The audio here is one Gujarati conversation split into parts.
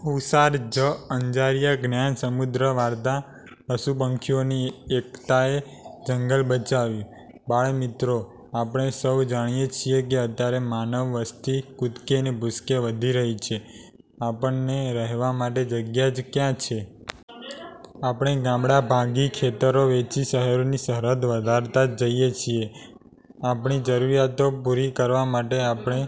તુષાર જ. અંજારિયા જ્ઞાન સમૃદ્ધ વાતો પશુ-પંખીઓની એકતાએ જંગલ બચાવ્યું! બાળ મિત્રો, આપણે સૌ જાણીએ છીએ કે અત્યારે માનવ વસ્તી કૂદકે ને ભૂસકે વધી રહી છે. આપણને રહેવા માટે જગ્યા જ ક્યાં છે? આપણે ગામડાં ભાંગી, ખેતરો વેંચી શહેરોની સરહદ વધારતા જ જઈએ છીએ. આપણી જરૂરિયાતો પૂરી કરવા માટે આપણે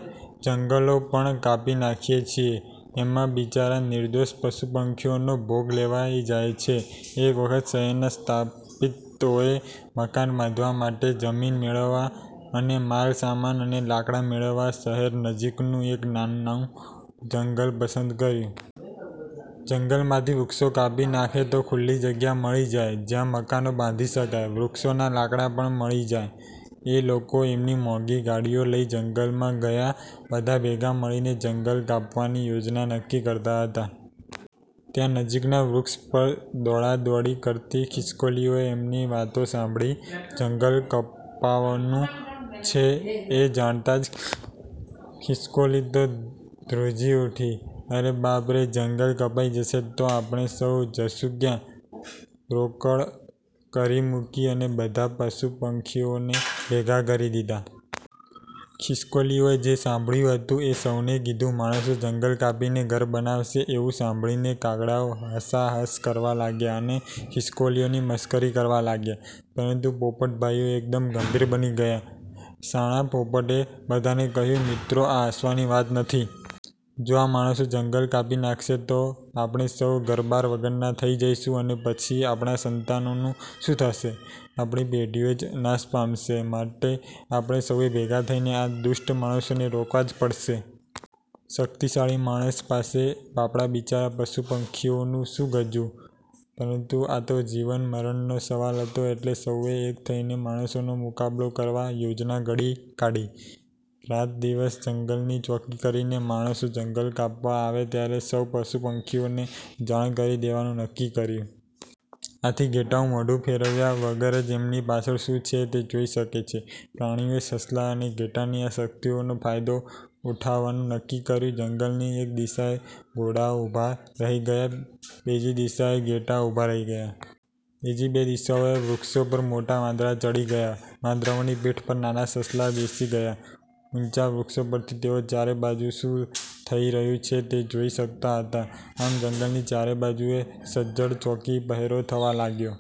જંગલો પણ કાપી નાખીએ છીએ એમાં બિચારાં નિર્દોષ પશુ-પંખીઓનો ભોગ લેવાઈ જાય છે. એક વખત શહેરના સ્થપતિઓએ મકાન બાંધવા માટે જમીન મેળવવા અને માલ સામાન માટે લાકડાં મેળવવા શહેર નજીકનું એક નાનું જંગલ પસંદ કર્યું. જંગલમાંથી વૃક્ષો કાપી નાખે તો ખુલ્લી જગ્યા મળી જાય જયાં મકાનો બાંધી શકાય. વૃક્ષોનાં લાકડાં પણ મળી જાય. એ લોકો એમની મોંઘી ગાડીઓ લઇ જંગલમાં ગયા. બધા ભેગા મળીને જંગલ કાપવાની યોજના નક્કી કરતા હતા. ત્યાં નજીકના વૃક્ષ પર દોડા દોડી કરતી ખિસકોલીઓએ એમની વાતો સાંભળી. જંગલ કપાવાનું છે એ જાણતાં જ ખિસકોલી તો ધ્રુજી ઉઠી. "અરે બાપ રે, જંગલ કપાઈ જશે તો આપણે સૌ જશું ક્યાં? " રોકકળ કરી મૂકી અને બધાં પશુ પંખીઓને ભેગાં કરી દીધાં. ખિસકોલીઓએ જે સાંભળ્યું હતું એ સૌને કીધું. માણસો જંગલ કાપીને ઘર બનાવશે એવું સાંભળીને કાગડાઓ હસા હસ કરવા લાગ્યા અને ખિસકોલીઓની મશ્કરી કરવા લાગ્યા. પરંતુ પોપટભાઈઓ એકદમ ગંભીર બની ગયા. શાણા પોપટે બધાંને કહ્યું, "મિત્રો, આ હસવાની વાત નથી. જો આ માણસો જંગલ કાપી નાંખશે તો આપણે સૌ ઘરબાર વગરના થઇ જઈશું અને પછી આપણા સંતાનોનું શું થશે? આપણી પેઢીઓ જ નાશ પામશે. માટે આપણે સૌએ ભેગાં થઈને આ દુષ્ટ માણસોને રોકવા જ પડશે. " શક્તિશાળી માણસ પાસે બાપડાં-બિચારાં પશુ પંખીઓનું શું ગજું? પરંતુ આ તો જીવન મરણનો સવાલ હતો એટલે સૌએ એક થઈને માણસોનો મુકાબલો કરવા યોજના ઘડી કાઢી. રાત દિવસ જંગલની ચોકી કરીને, માણસો જંગલ કાપવા આવે ત્યારે સૌ પશુ પંખીઓને જાણ કરી દેવાનું નક્કી કર્યું. આથી ઘેટાંઓ મોઢું ફેરવ્યા વગર જ એમની પાછળ શું છે તે જોઈ શકે છે. પ્રાણીઓએ સસલાં અને ઘેટાંની આ શક્તિઓનો ફાયદો ઉઠાવવાનું નક્કી કર્યું. જંગલની એક દિશાએ ઘોડાઓ ઉભા રહી ગયા. બીજી દિશાએ ઘેટાં ઊભાં રહી ગયાં. બીજી બે દિશાઓએ વૃક્ષો પર મોટા વાંદરા ચડી ગયા. વાંદરાઓની પીઠ પર નાનાં સસલાં બેસી ગયાં. ઊંચા વૃક્ષો પરથી તેઓ ચારે બાજુ શું થઇ રહ્યું છે તે જોઈ શકતા હતા. આમ જંગલની ચારે બાજુએ સજ્જડ ચોકી પહેરો થવા લાગ્યો.